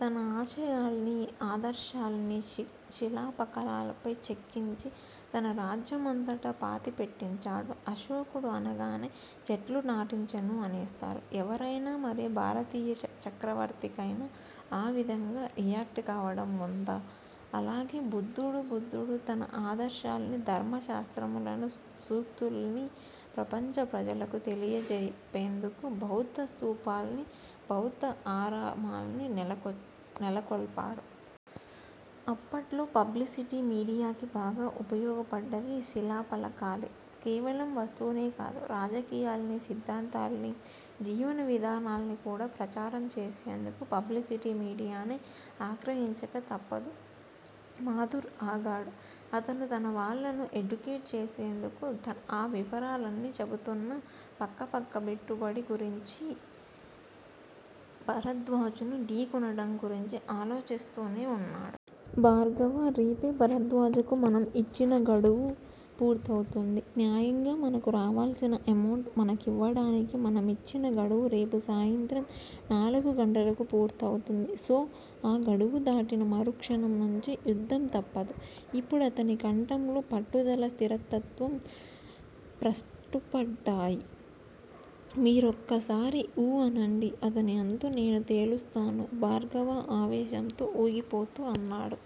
తన ఆశయాల్ని, ఆదర్శాల్ని శిలాఫలకాలపై చెక్కించి తన రాజ్యమంతటా పాతి పెట్టించాడు. అశోకుడు అనగానే చెట్లు నాటించెను అనేస్తారు ఎవరైనా. మరే భారతీయ చక్రవర్తికైనా ఆవిధంగా రియాక్ట్ కావడం వుందా? అలాగే బుద్దుడు-బుద్దుడు తన ఆదర్శాల్ని, ధర్మ శాస్త్రములను, సూక్తుల్ని ప్రపంచ ప్రజలకు తెలియజెప్పేందుకు బౌద్ద స్థూపాల్ని, బౌద్ద ఆరామాల్ని నెలకొల్పాడు. అప్పట్లో పబ్లిసిటీ మీడియాకి బాగా ఉపయోగపడ్డవి శిలాఫలకాలే. కేవలం వస్తువున్నే కాదు- రాజకీయాల్ని, సిద్దాంతాల్ని, జీవన విధానాల్ని కూడా ప్రచారం చేసేందుకు పబ్లిసిటీ మీడియానే ఆశ్రయించక తప్పదు. మాధుర్ ఆగాడు. అతను తనవాళ్ళను ఎడ్యుకేట్ చేసేందుకు ఆ వివరాలన్నీ చెబుతున్నా పక్కపక్క పెట్టుబడి గురించి, భరద్వాజను ఢీ కొనడం గురించి ఆలోచిస్తూనే వున్నాడు. భార్గవా! రేపే భరద్వాజకు మనం యిచ్చిన గడువు పూర్తవుతుంది. న్యాయంగా మనకు రావాల్సిన ఎమౌంట్ మనకివ్వడానికి మనమిచ్చిన గడువు రేపు సాయంత్రం నాలుగు గంటలకు పూర్తవుతుంది సో ఆ గడువు దాటిన మరుక్షణం నుంచి యుద్ధం తప్పదు ఇప్పుడతని కంఠంలో పట్టుదల, స్థిరత్వం ప్రస్ఫుటమయ్యాయి. మీరొక్కసారి ఊ అనండి అతని అంతు నేను తేలుస్తాను భార్గవ ఆవేశంతో ఊగిపోతూ అన్నాడు.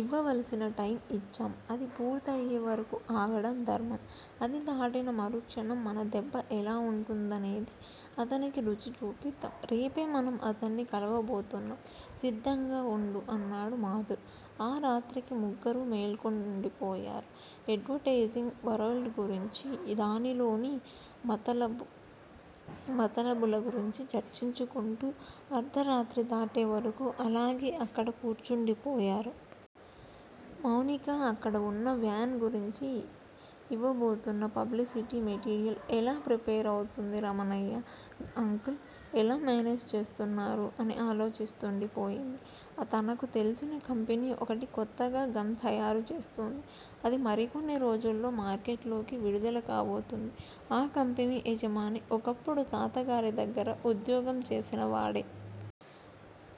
ఇవ్వవల్సిన టైమ్ యిచ్చాం. అది పూర్తయ్యేవరకూ ఆగడం ధర్మం. అది దాటిన మరుక్షణం మన దెబ్బ ఎలా వుంటుందనేది అతనికి రుచి చూపిద్దాం రేపే మనం అతన్ని కలవబోతున్నాం సిద్దంగా వుండు అన్నాడు మాధుర్. ఆ రాత్రికి ముగ్గురూ మేల్కొండిపోయారు. ఎడ్వర్టెయిజింగ్ వరల్డ్ గురించి, దానిలోని మతలబుల గురించి చర్చించుకుంటూ అర్ధరాత్రి దాటేవరకు అలాగే అక్కడ కూర్చుండిపోయారు. మౌనిక అక్కడ వున్నా, వ్యాన్ గురించి యివ్వబోతున్న పబ్లిసిటీ మెటీరియల్ ఎలా ప్రిపేర్ అవుతుంది? రమణయ్య అంకుల్ ఎలా మేనేజ్ చేస్తున్నారు అని ఆలోచిస్తూండిపోయింది. తనకు తెల్సిన కంపెనీ ఒకటి కొత్తగా గమ్ తయారుచేస్తోంది అది మరికొన్ని రోజుల్లో మార్కెట్లోకి విడుదల కాబోతోంది. ఆ కంపెనీ యజమాని ఒకప్పుడు తాతగారి దగ్గర ఉద్యోగం చేసినవాడే.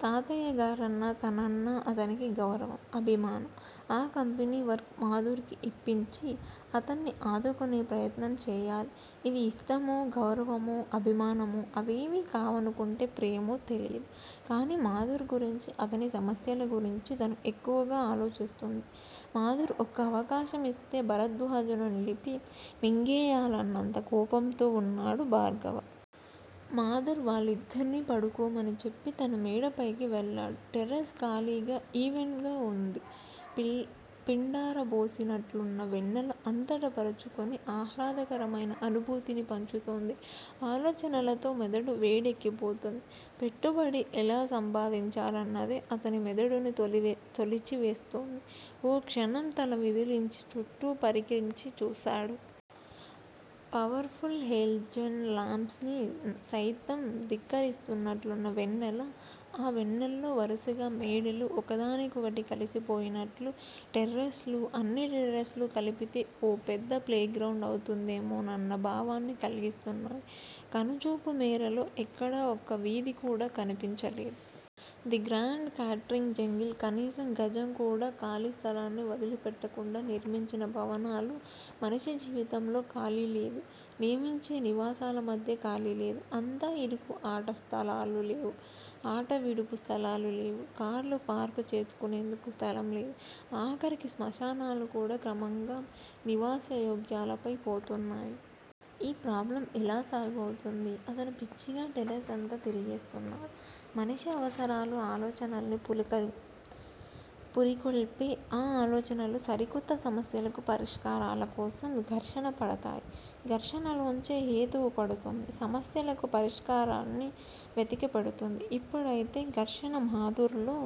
తాతగారన్నా, తనన్నా అతనికి గౌరవం, అభిమానం. ఆ కంపెనీ వర్క్ మాధుర్ కి యిప్పించి అతన్ని ఆదుకొనే ప్రయత్నం చేయాలి. ఇది ఇష్టమో, గౌరవమో, అభిమానమో అవేవీ కావనుకుంటే ప్రేమో తెలీదు. కానీ మాధుర్ గురించి, అతని సమస్యల గురించి తను ఎక్కువగా ఆలోచిస్తోంది. మాధుర్ ఒక్క అవకాశం యిస్తే, భరద్వాజను నలిపి మింగేయాలన్నంత కోపంతో వున్నాడు భార్గవ. మాధుర్ వాళ్ళిద్దర్నీ పడుకోమని చెప్పి, తను మేడపైకి వెళ్ళాడు. టెర్రెస్ ఖాళీగా, ఈవెన్ గా వుంది. పిండారబోసినట్లున్న వెన్నెల అంతట పరచుకుని ఆహ్లాదకరమైన అనుభూతిని పంచుతోంది. ఆలోచనలతో మెదడు వేడెక్కిపోతోంది. పెట్టుబడి ఎలా సంపాదించాలన్నదే అతని మెదడును తొలిచివేస్తోంది. ఓ క్షణం తల విదిలించి చుట్టూ పరికించి చూశాడు. Powerful halogen lamps ని సయితం ధిక్కరిస్తున్నట్లున్న వెన్నెల ఆ వెన్నెల్లో వరుసగా మేడలు ఒకదానికొకటి కలిసిపోయినట్లున్న టెర్రెస్ లు అన్ని టెర్రెస్ లు కలిపితే ఓ పెద్ద ప్లేగ్రౌండ్ అవుతుందేమోనన్న భావాన్ని కల్గిస్తున్నాయి. కనుచూపు మేరలో ఎక్కడా ఒక్క వీధి కూడా కనిపించలేదు. ది గ్రాండ్ కాంక్రీట్ జంగిల్ కనీసం గజం కూడా ఖాళీస్థలాన్ని వదిలిపెట్టకుండా నిర్మించిన భవనాలు మనిషి జీవితంలో ఖాళీలేదు. నివసించే నివాసాల మధ్య ఖాళీలేదు. అంతా ఇరుకు ఆటస్థలాలు లేవు- ఆటవిడుపు స్థలాలు లేవు- కార్లు పార్కు చేసుకొనేందుకు స్థలం లేదు. ఆఖరికి స్మశానాలు కూడా క్రమంగా నివాసయోగ్యాలై పోతున్నాయి. ఈ ప్రాబ్లమ్ ఎలా సాల్వ్ అవుతుంది? అతను పిచ్చిగా టెర్రస్ అంతా తిరిగేస్తున్నాడు. మనిషి అవసరాలు ఆలోచనల్ని పురికొల్పితే ఆ ఆలోచనలు సరికొత్త సమస్యలకు పరిష్కారాల కోసం ఘర్షణ పడతాయి. ఘర్షణలోంచే హేతువు పుడుతుంది. సమస్యలకు పరిష్కారాన్ని వెతికిపెడుతుంది. ఇప్పుడిదే ఘర్షణ మాధుర్ లో